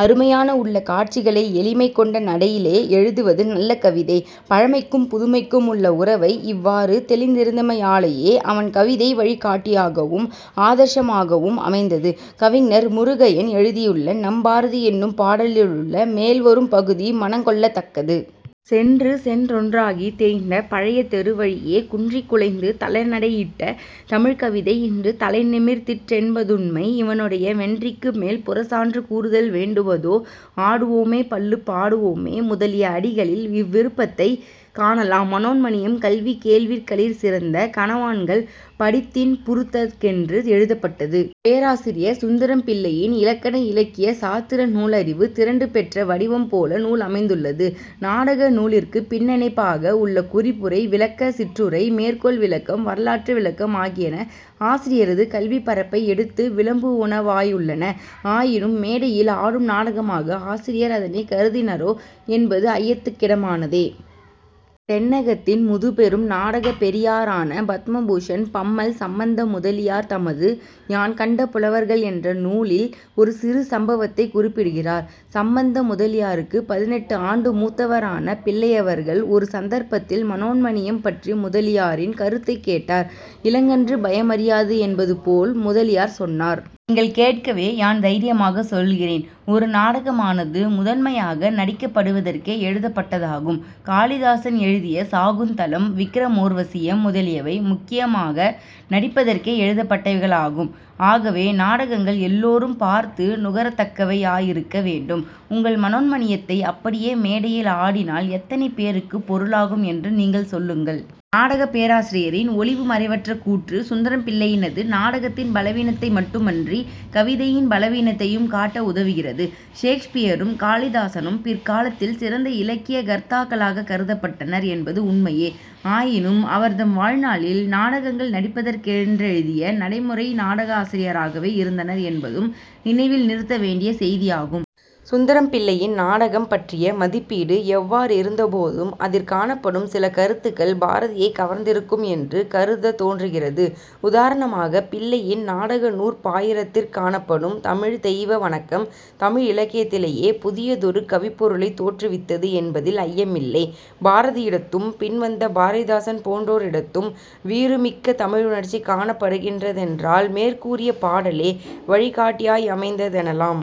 அருமையான உள்ளக் காட்சிகளை எளிமை கொண்ட நடையிலே எழுதுவது நல்ல கவிதை. " பழமைக்கும், புதுமைக்கும் உள்ள உறவை இவ்வாறு தௌிந்திருந்தமையாலேயே அவன் கவிதை வழி காட்டியாகவும், ஆதர்ஷமாகவும் அமைந்தது. கவிஞர் முருகையன் எழுதியுள்ள 'நம் பாரதி' என்னும் பாடலிலுள்ள மேல்வரும் பகுதி மனங்கொள்ளத் தக்கது. "சென்று சென்றொன்றாகித் தேய்ந்த பழைய தெருவழியே குன்றிக் குலைந்து தளர்நடையிட்ட தமிழ்க்கவிதை இன்று தலைநிமிர்த் திற்றென்பதுண்மை இவனுடைய வென்றிக்கு மேலும் புறச்சான்று கூறுதல் வேண்டுவதோ? " "ஆடுவோமே பள்ளுப் பாடுவோமே" முதலிய அடிகளில் இவ்விருப்பத்தைக் காணலாம். மனோன்மணீயம் "கல்வி கேள்விகளிற் சிறந்த கனவான்கள்" படித்தின்புறுதற்கென்று எழுதப்பட்டது. பேராசிரியர் சுந்தரம்பிள்ளையின் இலக்கண, இலக்கிய, சாத்திர நூலறிவு திரண்டு பெற்ற வடிவம் போல நூல் அமைந்துள்ளது. நாடக நூலிற்குப் பின்னிணைப்பாக உள்ள குறிப்புரை, விளக்கச் சிற்றுரை, மேற்கோள் விளக்கம், வரலாற்று விளக்கம் ஆகியன ஆசிரியரது கல்விப் பரப்பை எடுத்து விளம்புவனவாயுள்ளன. ஆயினும் மேடையில் ஆடும் நாடகமாக ஆசிரியர் அதனைக் கருதினரோ என்பது ஐயத்துக்கிடமானதே. தென்னகத்தின் முதுபெரும் நாடகப் பெரியாரான பத்மபூஷன் பம்மல் சம்பந்த முதலியார் தமது யான் கண்ட புலவர்கள் என்ற நூலில் ஒரு சிறு சம்பவத்தைக் குறிப்பிடுகிறார். சம்பந்த முதலியாருக்குப் பதினெட்டு ஆண்டு மூத்தவரான பிள்ளையவர்கள் ஒரு சந்தர்ப்பத்தில் மனோன்மணீயம் பற்றி முதலியாரின் கருத்தைக் கேட்டார். இளங்கன்று பயமறியாது என்பது போல் முதலியார் சொன்னார்.: "நீங்கள் கேட்கவே யான் தைரியமாகச் சொல்கிறேன். ஒரு நாடகமானது முதன்மையாக நடிக்கப்படுவதற்கே எழுதப்பட்டதாகும். காளிதாசன் எழுதிய சாகுந்தலம், விக்கிரமோர்வசியம் முதலியவை முக்கியமாக நடிப்பதற்கே எழுதப்பட்டவைகளாகும். ஆகவே நாடகங்கள் எல்லோரும் பார்த்து நுகரத்தக்கவை யாயிருக்க வேண்டும். உங்கள் மனோன்மணீயத்தை அப்படியே மேடையில் ஆடினால் எத்தனை பேருக்குப் பொருளாகும் என்று நீங்கள் சொல்லுங்கள். "। நாடகப் பேராசிரியரின் ஒளிவு மறைவற்ற கூற்று சுந்தரம்பிள்ளையினது நாடகத்தின் பலவீனத்தை மட்டுமன்றிக் கவிதையின் பலவீனத்தையும் காட்ட உதவுகிறது. ஷேக்ஸ்பியரும், காளிதாசனும் பிற்காலத்தில் சிறந்த இலக்கியக் கர்த்தாக்களாகக் கருதப்பட்டனர் என்பது உண்மையே. ஆயினும் அவர்தம் வாழ்நாளில் நாடகங்கள் நடிப்பதற்கென்றெழுதிய நடைமுறை நாடகாசிரியராகவே இருந்தனர் என்பதும் நினைவில் நிறுத்த வேண்டிய செய்தியாகும். சுந்தரம்பிள்ளையின் நாடகம் பற்றிய மதிப்பீடு எவ்வாறிருந்த போதும் அதிற் காணப்படும் சில கருத்துக்கள் பாரதியைக் கவர்ந்திருக்கும் என்று கருதத்தோன்றுகிறது. உதாரணமாகப் பிள்ளையின் நாடக நூற் பாயிரத்திற் காணப்படும் தமிழ்த் தெய்வ வணக்கம் தமிழிலக்கியத்திலேயே புதியதொரு கவிப்பொருளைத் தோற்றுவித்தது என்பதில் ஐயமில்லை. பாரதியிடத்தும் பின்வந்த பாரதிதாசன் போன்றோரிடத்தும் வீறுமிக்க தமிழுணர்ச்சி காணப்படுகின்ற தென்றால் மேற்கூறிய பாடலே வழிகாட்டியாயமைந்த தெனலாம்.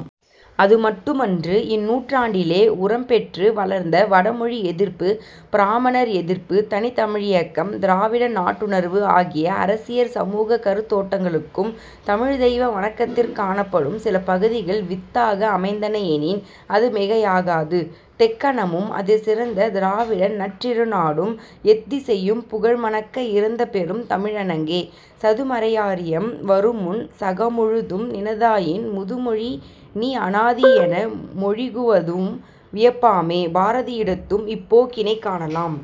அதுமட்டுமன்று; இந்நூற்றாண்டிலே உரம்பெற்று வளர்ந்த வடமொழி எதிர்ப்பு, பிராமணர் எதிர்ப்பு, தனித்தமிழியக்கம், திராவிட நாட்டுணர்வு ஆகிய அரசியற் சமூகக் கருத்தோட்டங்களுக்கும் தமிழ்த் தெய்வ வணக்கத்திற் காணப்படும் சில பகுதிகள் வித்தாக அமைந்தன எனின் அது மிகையாகாது. "தெக்கணமும் அதிற் சிறந்த திராவிட நற் றிருநாடும்" "எத்திசையும் புகழ்மணக்க இருந்தபெருந் தமிழணங்கே" "சதுமறையாரியம் வருமுன் சகமுழுதும் நினதாயின் முதுமொழி நீ அநாதியென மொழிகுவதும் வியப்பாமே" பாரதியிடத்தும் இப்போக்கினைக் காணலாம்.